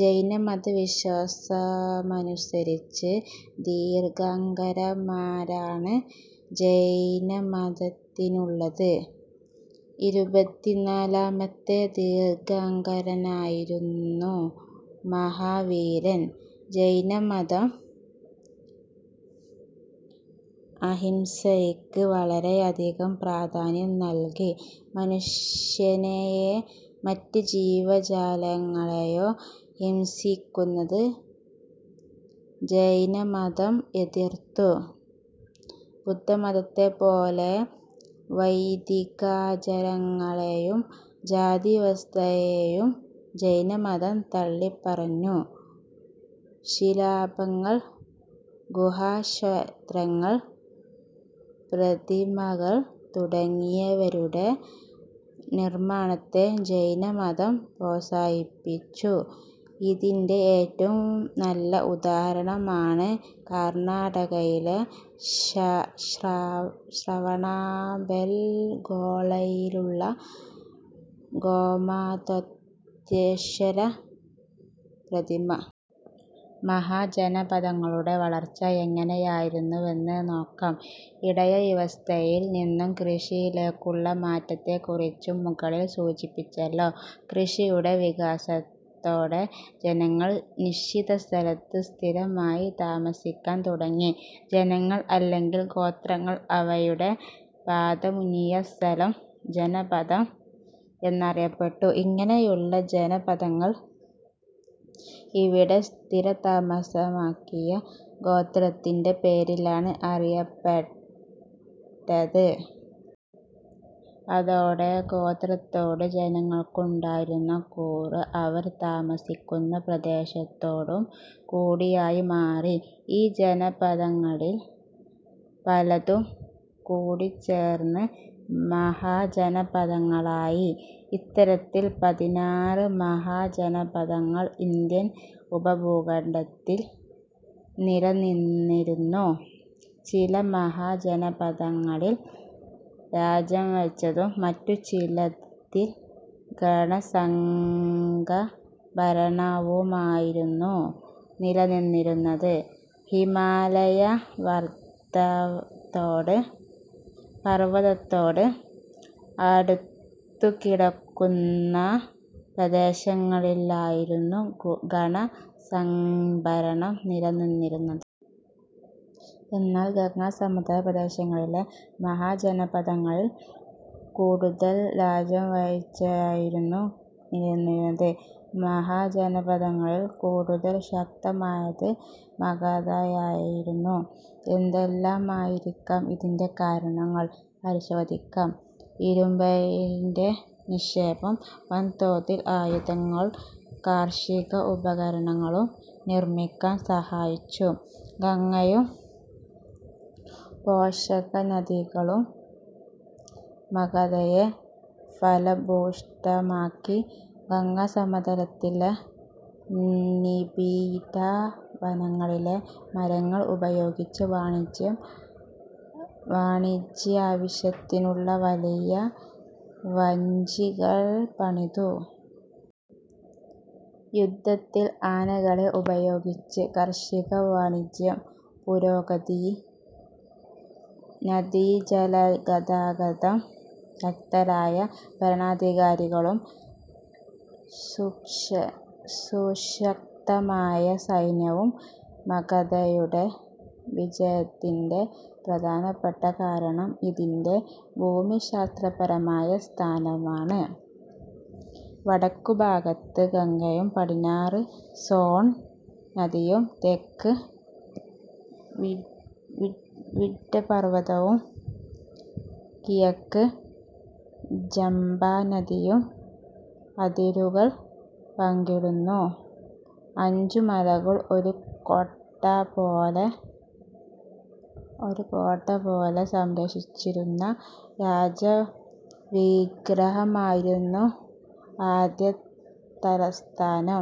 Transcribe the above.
ജൈനമതവിശ്വാസമനുസരിച്ച് തീർത്ഥങ്കരന്മാരാണ് ജൈനമതത്തിനുള്ളത്. ഇരുപത്തിനാലാമത്തെ തീർത്ഥങ്കരനായിരുന്നു മഹാവീരൻ. ജൈനമതം അഹിംസയ്ക്ക് വളരെയധികം പ്രാധാന്യം നൽകി. മനുഷ്യനെയോ മറ്റ് ജീവജാലങ്ങളെയോ ഹിംസിക്കുന്നത് ജൈനമതം എതിർത്തു. ബുദ്ധമതത്തെപ്പോലെ വൈദികാചാരങ്ങളെയും ജാതിവ്യവസ്ഥയെയും ജൈനമതം തള്ളിപ്പറഞ്ഞു. ശിലാപങ്ങൾ, ഗുഹാ ക്ഷേത്രങ്ങൾ, പ്രതിമകൾ തുടങ്ങിയവയുടെ നിർമാണത്തെ ജൈന മതം പ്രോത്സാഹിപ്പിച്ചു. ഇതിന്റെ ഏറ്റവും നല്ല ഉദാഹരണമാണ് കർണാടകയിലെ ശ്രാവണബെൽഗോളയിലുള്ള ഗോമതേശ്വര പ്രതിമ. മഹാജനപദങ്ങളുടെ വളർച്ച എങ്ങനെയായിരുന്നുവെന്ന് നോക്കാം. ഇടയവ്യവസ്ഥയിൽ നിന്നും കൃഷിയിലേക്കുള്ള മാറ്റത്തെക്കുറിച്ച് മുകളിൽ സൂചിപ്പിച്ചല്ലോ. കൃഷിയുടെ വികാസത്തോടെ ജനങ്ങൾ നിശ്ചിത സ്ഥലത്ത് സ്ഥിരമായി താമസിക്കാൻ തുടങ്ങി. ജനങ്ങൾ അല്ലെങ്കിൽ ഗോത്രങ്ങൾ അവരുടെ പാദമൂന്നിയ സ്ഥലം ജനപദം എന്നറിയപ്പെട്ടു. ഇങ്ങനെയുള്ള ജനപദങ്ങൾ അവിടെ സ്ഥിരതാമസമാക്കിയ ഗോത്രത്തിന്റെ പേരിലാണ് അറിയപ്പെട്ടത്. അതോടെ ഗോത്രത്തോട് ജനങ്ങൾക്കുണ്ടായിരുന്ന കൂറ് അവർ താമസിക്കുന്ന പ്രദേശത്തോടും കൂടിയായി മാറി. ഈ ജനപദങ്ങളിൽ പലതും കൂടിച്ചേർന്ന് മഹാജനപദങ്ങളായി. ഇത്തരത്തിൽ പതിനാറ് മഹാജനപദങ്ങൾ ഇന്ത്യൻ ഉപഭൂഖണ്ഡത്തിൽ നിലനിന്നിരുന്നു. ചില മഹാജനപദങ്ങളിൽ രാജവാഴ്ചയും മറ്റു ചിലതിൽ ഗണസംഘഭരണവുമായിരുന്നു നിലനിന്നിരുന്നത്. ഹിമാലയ പർവതത്തോട് അടുത്തുകിടക്കുന്ന പ്രദേശങ്ങളിലായിരുന്നു ഗണ സംഘഭരണം നിലനിന്നിരുന്നത്. എന്നാൽ ഗംഗാസമതല പ്രദേശങ്ങളിലെ മഹാജനപദങ്ങളിൽ കൂടുതലും രാജവാഴ്ചയായിരുന്നു നിലനിന്നിരുന്നത്. മഹാജനപദങ്ങളിൽ കൂടുതൽ ശക്തമായത് മഗധയായിരുന്നു. എന്തെല്ലാമായിരിക്കാം അതിന്റെ കാരണങ്ങൾ? പരിശോധിക്കാം. ഇരുമ്പയിരിന്റെ നിക്ഷേപം വൻതോതിൽ ആയുധങ്ങളും കാർഷിക ഉപകരണങ്ങളും നിർമിക്കാൻ സഹായിച്ചു. ഗംഗയും പോഷകനദികളും മഗധയെ ഫലഭൂയിഷ്ഠമാക്കി. ഗംഗാസമതലത്തിലെ നിബിഡ വനങ്ങളിലെ മരങ്ങൾ ഉപയോഗിച്ച് വാണിജ്യ ആവശ്യത്തിനുള്ള വലിയ വഞ്ചികൾ പണിതു. യുദ്ധത്തിൽ ആനകളെ ഉപയോഗിച്ചു. കാർഷിക-വാണിജ്യ പുരോഗതി. നദീജലഗതാഗതം. ശക്തരായ ഭരണാധികാരികളും സുശക്തമായ സൈന്യവും. മഗധയുടെ വിജയത്തിന്റെ പ്രധാനപ്പെട്ട കാരണം ഇതിന്റെ ഭൂമിശാസ്ത്രപരമായ സ്ഥാനമാണ്. വടക്കുഭാഗത്ത് ഗംഗയും പടിഞ്ഞാറ് സോൺ നദിയും തെക്ക് വിറ്റ പർവതവും കിഴക്ക് ചമ്പാനദിയും അതിരുകൾ പങ്കിടുന്നു. അഞ്ചു മലകൾ ഒരു കോട്ട പോലെ സംരക്ഷിച്ചിരുന്ന രാജവിഗ്രഹമായിരുന്നു ആദ്യതലസ്ഥാനം.